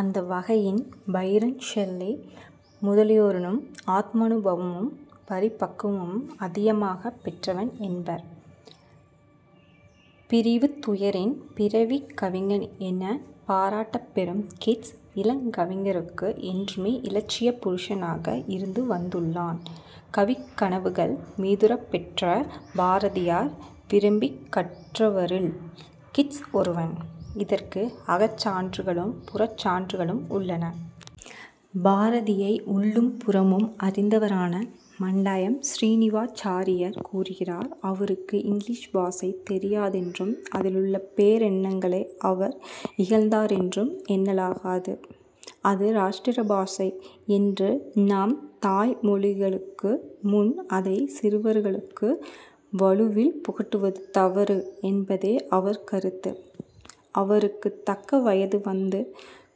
அந்த வகையின் Byrne Shelley முதலியோரினும் ஆத்மானுபவமும் பரிபக்குவமும் அதிகமாகப் பெற்றவன் என்பர். 'பிரிவுத்துயரின் பிறவிக் கவிஞன்' எனப் பாராட்டப்பெறும் கிட்ஸ், இளங்கவிஞருக்கு என்றுமே இலட்சிய புருஷனாக இருந்து வந்துள்ளான். கவிக் கனவுகள் மீதூரப் பெற்ற பாரதியார் விரும்பிக் கற்றவரில் கீட்ஸ் ஒருவன். இதற்கு அகச்சான்றுகளும் புறச்சான்றுகளும் உள்ளன. பாரதியை உள்ளும் புறமும் அறிந்தவரான மண்டயம் ஸ்ரீநிவாச்சாரியார் கூறகிறார்: அவருக்கு இங்கிலீஷ் பாஷை தெரியாதென்றும் அதிலுள்ள பேரெண்ணங்களை அவர் இகழ்ந்தாரென்றும் எண்ணலாகாது. அது ராஷ்டிர பாஷை என்று நம் தாய் மொழிகளுக்கும் முன் அதைச் சிறுவர்களுக்கு வலுவில் புகட்டுவது தவறு என்பதே அவர் கருத்து. அவருக்குத் தக்க வயது வந்து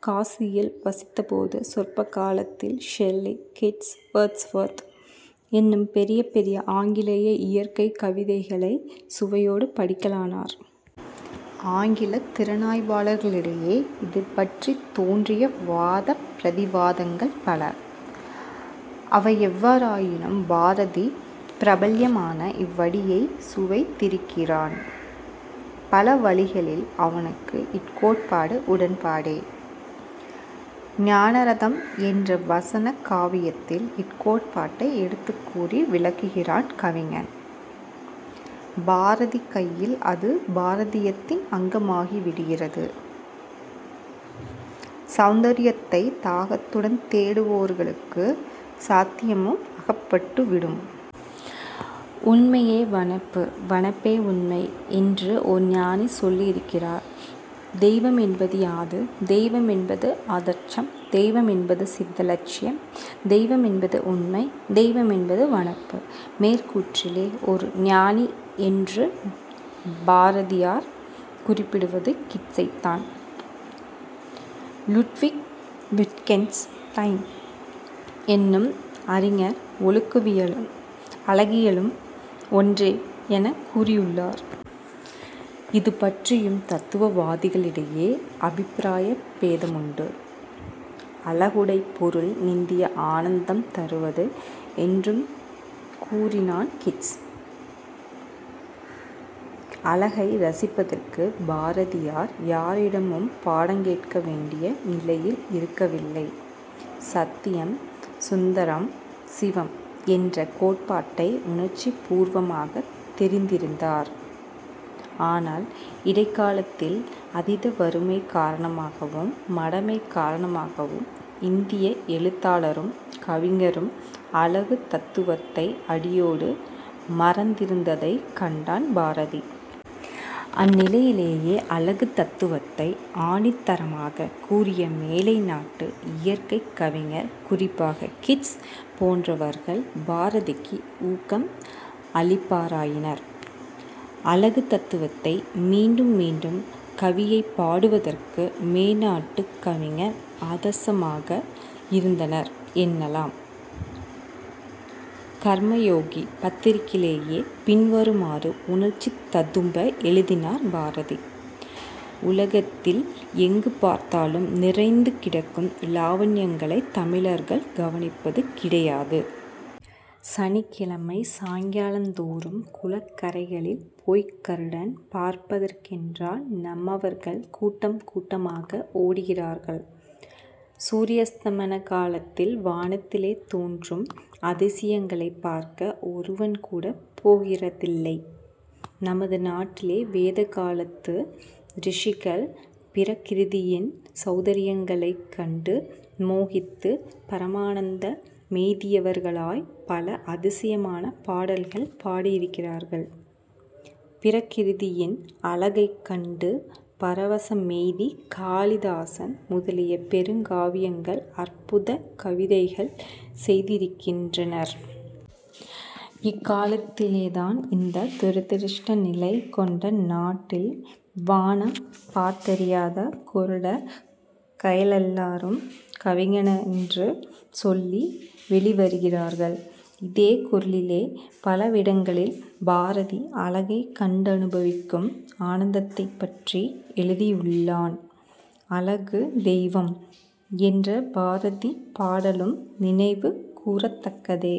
காசியில் வசித்தபோது சொற்ப காலத்தில் ஷெல்லி, கீட்ஸ், வேர்ட்ஸ் வொர்த் என்னும் பெரிய பெரிய ஆங்கிலேய இயற்கைக் கவிதைகளைச் சுவையோடு படிக்கலானார். ஆங்கிலத் திறனாய்வாளரிடையே இதுபற்றித் தோன்றிய வாதப் பிரதிவாதங்கள் பல. அவையெவ்வாறாயினும் பாரதி, பிரபல்யமான இவ்வடியைச் சுவைத்திருக்கிறான். பல வழிகளில் அவனுக்கு இக்கோட்பாடு உடன்பாடே. ஞானரதம் என்ற வசன காவியத்தில் இக்கோட்பாட்டை எடுத்துக்கூறி விளக்குகிறான் கவிஞன்; பாரதி கையில் அது பாரதீயத்தின் அங்கமாகிவிடுகிறது. "ஸௌந்தரியத்தைத் தாகத்துடன் தேடுவோர்களுக்கு ஸத்தியமும் அகப்பட்டுவிடும். 'உண்மையே வனப்பு, வனப்பே உண்மை' என்று ஓர் ஞானி சொல்லியிருக்கிறார்... தெய்வமென்பது யாது? தெய்வமென்பது ஆதர்சம்; தெய்வமென்பது சித்த லட்சியம். தெய்வமென்பது உண்மை. தெய்வமென்பது வனப்பு. மேற்கூற்றிலே 'ஓர் ஞானி' என்று பாரதியார் குறிப்பிடுவது கீட்ஸைத்தான். லுட்விக் விட்கென்ஸ் டைன் என்னும் அறிஞர் "ஒழுக்கவியலும் அழகியலும் ஒன்றே" எனக் கூறியுள்ளார். இதுபற்றியும் தத்துவவாதிகளிடையே அபிப்பிராய பேதமுண்டு. "அழகுடைப் பொருள் நித்திய ஆனந்தம் தருவது" என்றும் கூறினான் கீட்ஸ். அழகை ரசிப்பதற்குப் பாரதியார் யாரிடமும் பாடங்கேட்க வேண்டிய நிலையில் இருக்க வில்லை. சத்தியம், சுந்தரம், சிவம் என்ற கோட்பாட்டை உணர்ச்சிப் பூர்வமாகத் தெரிந்திருந்தார். ஆனால் இடைக்காலத்தில் அதீத வறுமை காரணமாகவும், மடமை காரணமாகவும் இந்திய எழுத்தாளரும் கவிஞரும் அழகுத் தத்துவத்தை அடியோடு மறந்திருந்ததைக் கண்டான் பாரதி. அந்நிலையிலேயே, அழகுத் தத்துவத்தை ஆணித்தரமாகக் கூறிய மேலை நாட்டு இயற்கைக் கவிஞர்-குறிப்பாகக் கீட்ஸ் போன்றவர்கள்- பாரதிக்கு ஊக்கம் அளிப்பாராயினர். அழகுத் தத்துவத்தை மீண்டும் மீண்டும் கவிதையிற் பாடுவதற்கு மேனாட்டுக் கவிஞர் ஆதர்சமாக இருந்தனர் எனலாம். "கர்மயோகி" பத்திரிகையிலே பின்வருமாறு உணர்ச்சி ததும்ப எழுதினார் பாரதி: "உலகத்தில் எங்கு பார்த்தாலும் நிறைந்து கிடக்கும் லாவண்யங்களைத் தமிழர்கள் கவனிப்பது கிடையாது. சனிக்கிழமை சாயங்காலந்தோறும் குளக்கரைகளிற் போய்க்கருடன் பார்ப்பதற்கென்றால் நம்மவர்கள் கூட்டங்கூட்டமாக ஓடுகிறார்கள். சூரியாஸ்தமன காலத்தில் வானத்திலே தோன்றும் அதிசயங்களைப் பார்க்க ஒருவன்கூடப் போகிறதில்லை. நமது நாட்டில் வேதகாலத்து ரிஷிகள் பிரகிருதியின் சௌந்தர்யங்களைக் கண்டு மோகித்துப் பரமானந்த மெய்தியவர்களாய்ப் பல அதிசயமான பாடல்கள் பாடியிருக்கிறார்கள். பிரகிருதியின் அழகைக் கண்டு பரவசமெய்திக் காளிதாசன் முதலிய பெருங்கவிகள் அற்புதக் கவிதைகள் செய்திருக்கின்றனர். இக்காலத்திலேதான் இந்த துரதிருஷ்ட நிலை கொண்ட நாட்டில் வானம் பார்த்தறியாத குருடர் களெல்லாரும் கவிகளென்று சொல்லி வௌிவருகிறார்கள். " இதே குரலிலே பலவிடங்களிற் பாரதி அழகைக் கண்டனுபவிக்கும் ஆனந்தத்தைப்பற்றி எழுதியுள்ளான். "அழகுத் தெய்வம்" என்ற பாரதி பாடலும் நினைவு கூரத்தக்கதே.